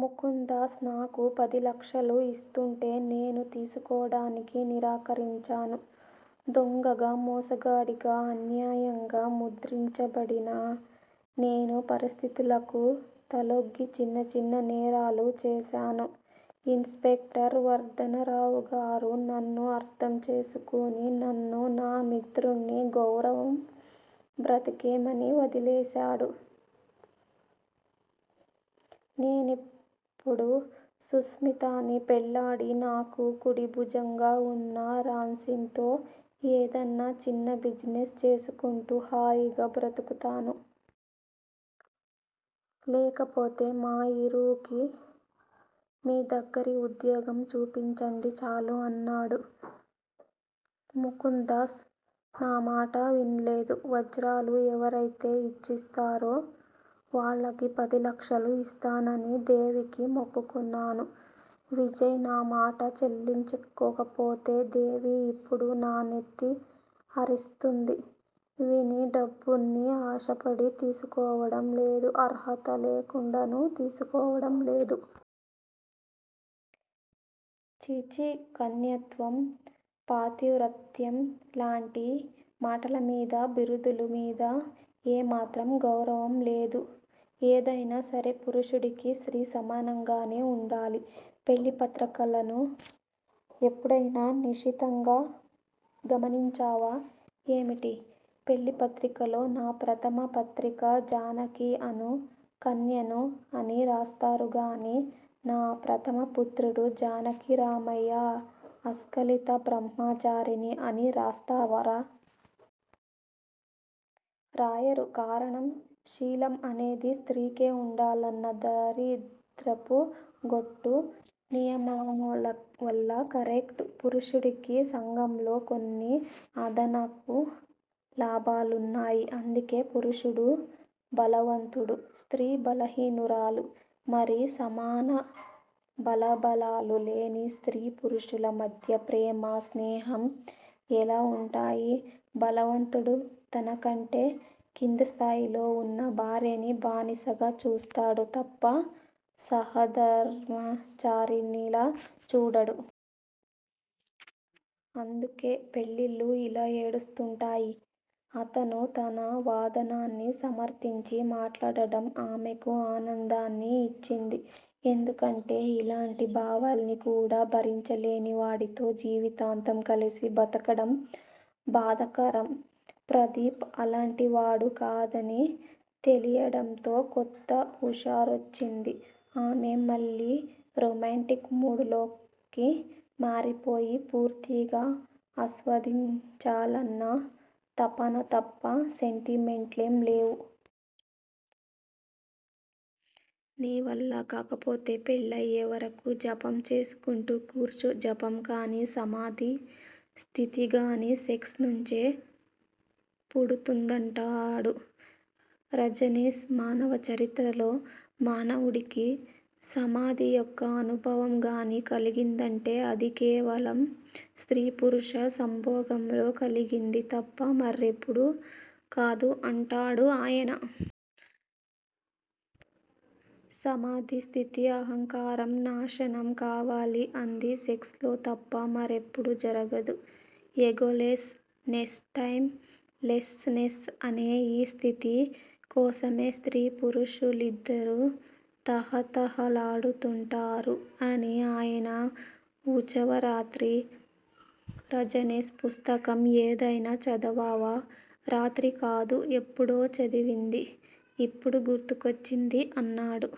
ముకుంద్దాస్ నాకు పదిలక్షలు ఇస్తూంటే నేను తీసుకోడానికి నిరాకరించాను. దొంగగా, మోసగాడిగా అన్యాయంగ ముద్రింపబడిన నేను పరిస్థితులకు తలొగ్గి చిన్న చిన్న నేరాలు చేశాను. ఇన్ స్పెక్టర్ వర్ధనరావుగారు నన్ను అర్థంచేసుకొని నన్ను, నా మిత్రుణ్ణి గౌరవం బ్రతకెమని వదిలేశారు. నేనిప్పుడు సుస్మితాని పెళ్ళాడి నాకు కుడిభుజంగ వున్న రాంసింగ్ తో ఏదన్నా చిన్న బిజినెస్ చేసుకుంటూ హాయిగా బ్రతుకుతాను. లేకపోతే మా ఇరువుకి మీదగ్గరి ఉద్యోగం చూపించండి చాలు అన్నాడు. ముకుందదాస్ నామాట విన్లేదు. వజ్రాలు ఎవరైతే ఇచ్చిస్తారో వాళ్ళకి పదిలక్షలు ఇస్తానని దేవికి మొక్కుకున్నాను విజయ్! నామాట చెల్లించుకోకపోతే దేవి ఇప్పుడు నానెత్తి అరిచేస్తుంది. నేనీ డబ్బుని ఆశపడి తీసుకోవడం లేదు. అర్హత లేకుండనూ తీసుకోవడం లేదు. ఛీఛీ- కన్యత్వం- పాతివ్రత్యం-లాంటి మాటలమీద, బిరుదుల మీద ఏ మాత్రం గౌరవం లేదు. ఏదైనా సరే పురుషుడికీ, స్త్రీ సమానంగానే వుండాలి. పెళ్ళి పత్రికలను ఎప్పుడైనా నిశితంగా గమనించావా? ఏమిటి? పెళ్ళి పత్రికల్లో నా ప్రథమ పత్రిక జానకి అను కన్యను అని రాస్తారుగానీ నా ప్రధమ పుత్రుడు జానకిరామయ్య అస్కలిత బ్రహ్మచారిని అని రాస్తావరా? రాయరు కారణం శీలం అనేది స్త్రీకే వుండాలన్న దరిద్రపు గొట్టు నియమాలవల్ల కరెక్ట్. పురుషుడికి సంఘంలో కొన్ని అదనపు లాభాలున్నాయి. అందుకే పురుషుడు బలవంతుడు. స్త్రీ బలహీనురాలు. మరి సమాన బలబలాలు లేని స్త్రీ పురుషుల మధ్య ప్రేమా, స్నేహం ఎలా వుంటాయి? బలవంతుడు తనకంటే కిందిస్థాయిలో వున్న భార్యని బానిసగా చూస్తాడు తప్ప సహాధర్మచారిణిలా చూడడు. అందుకే పెళ్ళిళ్ళు ఇలా ఏడుస్తుంటాయి. అతను తన వాదనని సమర్ధించి మాట్లాడడం ఆమెకి ఆనందాన్ని ఇచ్చింది. ఎందుకంటే ఇలాంటి భావాల్ని కూడా భరించలేనివాడితో జీవితాంతం కలిసి బతకడం బాధకరం. ప్రదీప్ అలాంటివాడు కాడని తెలియడంతో కొత్త హుషారొచ్చింది. ఆమె మళ్ళీ రొమాంటిక్ మూడ్ లోకి మారిపోయి పూర్తిగా ఆస్వాదించాలన్న తపన తప్ప సెంటిమెంట్లేం లేవ్. నీవల్ల కాకపోతే పెళ్ళయ్యే వరకు జపం చేసుకుంటూ కూర్చో. జపం కానీ సమాధి స్థితిగానీ సెక్స్ నుంచే పుడుతుందంటాడు రజనీష్. మానవ చరిత్రలో మానవుడికి సమాధి యొక్క అనుభవం గానీ కలిగిందంటే అది కేవలం స్త్రీ పురుష సంభోగంలో కలిగింది తప్ప మరెప్పుడూ కాదు అంటాడు ఆయన. సమాధి స్థితి అహంకారం నాశనం కావాలి. అంది సెక్స్ లో తప్ప మరెప్పుడూ జరగదు. Egolessness, timelessness అనే ఈ స్థితి కోసమే స్త్రీ పురుషులిద్దరూ తహతహలాడుతుంటారు అని ఆయన ఉచవ రాత్రి రజనీష్ పుస్తకం ఏదైనా చదవావా? రాత్రి కాదు- ఎప్పుడో చదివింది ఇప్పుడు గుర్తుకొచ్చింది అన్నాడు.